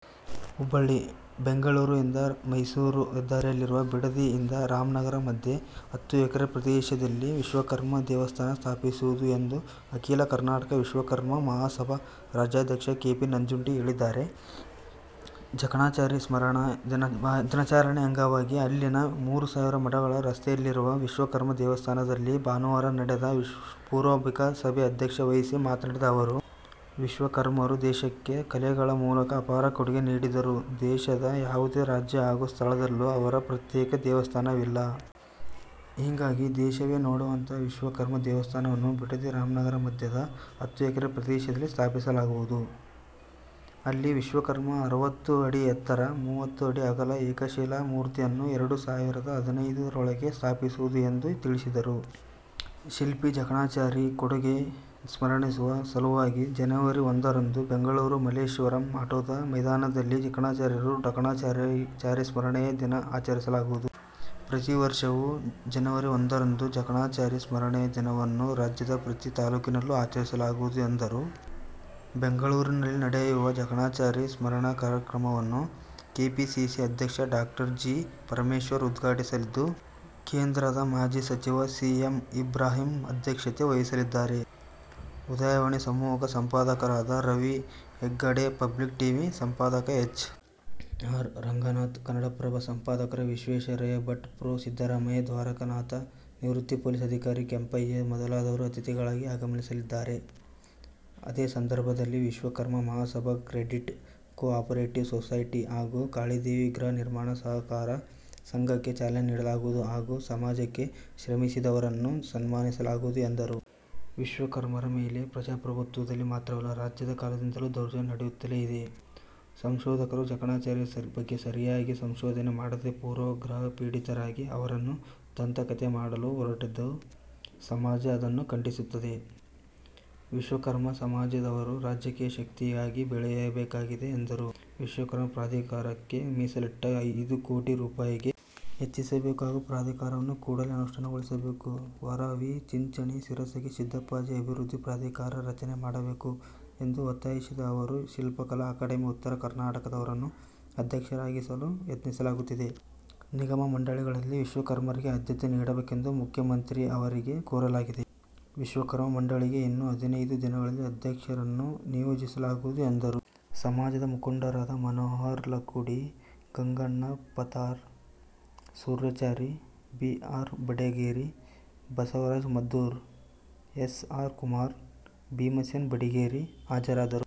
ಹುಬ್ಬಳ್ಳಿ: ಬೆಂಗಳೂರು ಇಂದ ಮೈಸೂರು ಹೆದ್ದಾರಿಯಲ್ಲಿರುವ ಬಿಡದಿ ಇಂದ ರಾಮನಗರ ಮಧ್ಯೆ ಹತ್ತು ಎಕರೆ ಪ್ರದೇಶದಲ್ಲಿ ವಿಶ್ವಕರ್ಮ ದೇವಸ್ಥಾನ ಸ್ಥಾಪಿಸಲಾಗುವುದು ಎಂದು ಅಖೀಲ ಕರ್ನಾಟಕ ವಿಶ್ವಕರ್ಮ ಮಹಾಸಭಾ ರಾಜ್ಯಾಧ್ಯಕ್ಷ ಕೆ. ಪಿ. ನಂಜುಂಡಿ ಹೇಳಿದ್ದಾರೆ. ಜಕಣಾಚಾರಿ ಸ್ಮರಣೆ ದಿನಾಚರಣೆ ಅಂಗವಾಗಿ ಇಲ್ಲಿನ ಮೂರುಸಾವಿರ ಮಠದ ರಸ್ತೆಯಲ್ಲಿರುವ ವಿಶ್ವಕರ್ಮ ದೇವಸ್ಥಾನದಲ್ಲಿ ಭಾನುವಾರ ನಡೆದ ಪೂರ್ವಭಾವಿ ಸಭೆ ಅಧ್ಯಕ್ಷತೆ ವಹಿಸಿ ಮಾತನಾಡಿದ ಅವರು, ವಿಶ್ವಕರ್ಮರು ದೇಶಕ್ಕೆ ಕಲೆಗಳ ಮೂಲಕ ಅಪಾರ ಕೊಡುಗೆ ನೀಡಿದ್ದರೂ ದೇಶದ ಯಾವುದೇ ರಾಜ್ಯ ಹಾಗೂ ಸ್ಥಳದಲ್ಲೂ ಅವರ ಪ್ರತ್ಯೇಕ ದೇವಸ್ಥಾನವಿಲ್ಲ. ಹೀಗಾಗಿ ದೇಶವೇ ನೋಡುವಂತಹ ವಿಶ್ವಕರ್ಮ ದೇವಸ್ಥಾನವನ್ನು ಬಿಡದಿ-ರಾಮನಗರ ಮಧ್ಯದ ಹತ್ತು ಎಕರೆ ಪ್ರದೇಶದಲ್ಲಿ ಸ್ಥಾಪಿಸಲಾಗುವುದು. ಅಲ್ಲಿ ವಿಶ್ವಕರ್ಮರ ಅರವತ್ತು ಅಡಿ ಎತ್ತರ, ಮೂವತ್ತು ಅಡಿ ಅಗಲದ ಏಕಶಿಲಾ ಮೂರ್ತಿಯನ್ನು ಎರಡು ಸಾವಿರದ ಹದಿನೈದರೊಳಗೆ ಸ್ಥಾಪಿಸಲಾಗುವುದು ಎಂದು ತಿಳಿಸಿದರು. ಶಿಲ್ಪಿ ಜಕಣಾಚಾರಿ ಕೊಡುಗೆ ಸ್ಮರಿಸುವ ಸಲುವಾಗಿ ಜನವರಿ ಒಂದರಂದು ಬೆಂಗಳೂರಿನ ಮಲ್ಲೇಶ್ವರಂ ಆಟದ ಮೈದಾನದಲ್ಲಿ ಜಕಣಾಚಾರಿ ಡಂಕಣಾಚಾರಿ ಸ್ಮರಣೆ ದಿನ ಆಚರಿಸಲಾಗುವುದು. ಪ್ರತಿವರ್ಷವೂ ಜನವರಿ ಒಂದರಂದು ಜಕಣಾಚಾರಿ ಸ್ಮರಣೆ ದಿನವನ್ನು ರಾಜ್ಯದ ಪ್ರತಿ ತಾಲೂಕಿನಲ್ಲೂ ಆಚರಿಸಲಾಗುವುದು ಎಂದರು. ಬೆಂಗಳೂರಿನಲ್ಲಿ ನಡೆಯುವ ಜಕಣಾಚಾರಿ ಸ್ಮರಣೆ ಕಾರ್ಯಕ್ರಮವನ್ನು ಕೆಪಿಸಿಸಿ ಅಧ್ಯಕ್ಷ ಡಾ. ಜಿ. ಪರಮೇಶ್ವರ ಉದ್ಘಾಟಿಸಲಿದ್ದು, ಕೇಂದ್ರದ ಮಾಜಿ ಸಚಿವ ಸಿ. ಎಂ. ಇಬ್ರಾಹಿಂ ಅಧ್ಯಕ್ಷತೆ ವಹಿಸಲಿದ್ದಾರೆ. ಉದಯವಾಣಿ ಸಮೂಹ ಸಂಪಾದಕರಾದ ರವಿ ಹೆಗಡೆ ಪಬ್ಲಿಕ್ ಟಿವಿ ಸಂಪಾದಕ ಎಚ್. ಆರ್. ರಂಗನಾಥ್ ಕನ್ನಡ ಪ್ರಭ ಸಂಪಾದಕ ವಿಶ್ವೇಶ್ವರ ಭಟ್ ಪ್ರೊ. ಸಿದ್ಧರಾಮ ದ್ವಾರಕಾನಾಥ ನಿವೃತ್ತ ಪೊಲೀಸ್ ಅಧಿಕಾರಿ ಕೆಂಪಯ್ಯ ಮೊದಲಾದವರು ಅತಿಥಿಗಳಾಗಿ ಆಗಮಿಸಲಿದ್ದಾರೆ. ಇದೇ ಸಂದರ್ಭದಲ್ಲಿ Vishwakarma Mahasabha credit cooperative society ಹಾಗೂ ಕಾಳಿಕಾದೇವಿ ಗೃಹ ನಿರ್ಮಾಣ ಸಹಕಾರ ಸಂಘಕ್ಕೆ ಚಾಲನೆ ನೀಡಲಾಗುವುದು ಹಾಗೂ ಸಮಾಜಕ್ಕಾಗಿ ಶ್ರಮಿಸಿದವರನ್ನು ಸನ್ಮಾನಿಸಲಾಗುವುದು ಎಂದರು. ವಿಶ್ವಕರ್ಮರ ಮೇಲೆ ಪ್ರಜಾಪ್ರಭುತ್ವದಲ್ಲಿ ಮಾತ್ರವಲ್ಲ ರಾಜರ ಕಾಲದಿಂದಲೂ ದೌರ್ಜನ್ಯ ನಡೆಯುತ್ತಲೇ ಇದೆ. ಸಂಶೋಧಕರು ಜಕಣಾಚಾರಿ ಬಗ್ಗೆ ಸರಿಯಾಗಿ ಸಂಶೋಧನೆ ಮಾಡದೆ ಪೂರ್ವಗ್ರಹಪೀಡಿತರಾಗಿ ಅವರನ್ನು ದಂತಕಥೆ ಮಾಡಲು ಹೊರಟಿದ್ದು, ಸಮಾಜ ಇದನ್ನು ಖಂಡಿಸುತ್ತದೆ. ವಿಶ್ವಕರ್ಮ ಸಮಾಜದವರು ರಾಜಕೀಯ ಶಕ್ತಿಯಾಗಿ ಬೆಳೆಯಬೇಕಾಗಿದೆ ಎಂದರು. ವಿಶ್ವಕರ್ಮ ಪ್ರಾಧಿಕಾರಕ್ಕೆ ಮೀಸಲಿಟ್ಟ ಐದು ಕೋಟಿ ರೂ.ಗೆ ಹೆಚ್ಚಿಸಬೇಕು ಹಾಗೂ ಪ್ರಾಧಿಕಾರವನ್ನು ಕೂಡಲೇ ಅನುಷ್ಠಾನಗೊಳಿಸಬೇಕು, ವರವಿ, ಚಿಂಚಣಿ, ಶಿರಸಂಗಿ, ಸಿದ್ದಪ್ಪಾಜಿ ಅಭಿವೃದ್ಧಿ ಪ್ರಾಧಿಕಾರ ರಚನೆ ಮಾಡಬೇಕು ಎಂದು ಒತ್ತಾಯಿಸಿದ ಅವರು, ಶಿಲ್ಪಕಲಾ ಅಕಾಡೆಮಿಗೆ ಉತ್ತರ ಕರ್ನಾಟಕದವರನ್ನು ಅಧ್ಯಕ್ಷರಾಗಿಸಲು ಯತ್ನಿಸಲಾಗುತ್ತಿದೆ. ನಿಗಮ ಮಂಡಳಿಗಳಲ್ಲಿ ವಿಶ್ವಕರ್ಮರಿಗೆ ಆದ್ಯತೆ ನೀಡಬೇಕೆಂದು ಮುಖ್ಯಮಂತ್ರಿ ಅವರಿಗೆ ಕೋರಲಾಗಿದೆ. ವಿಶ್ವಕರ್ಮ ಮಂಡಳಿಗೆ ಇನ್ನು ಹದಿನೈದು ದಿನಗಳಲ್ಲಿ ಅಧ್ಯಕ್ಷರನ್ನು ನಿಯೋಜಿಸಲಾಗುವುದು ಎಂದರು. ಸಮಾಜದ ಮುಖಂಡರಾದ Manohar Lakkundi, Ganganna Pattar, Suryachari, B. R. Badiger, Basavaraj Maddur, S. R. Kammar, Bhimasena Badiger ಹಾಜರಿದ್ದರು.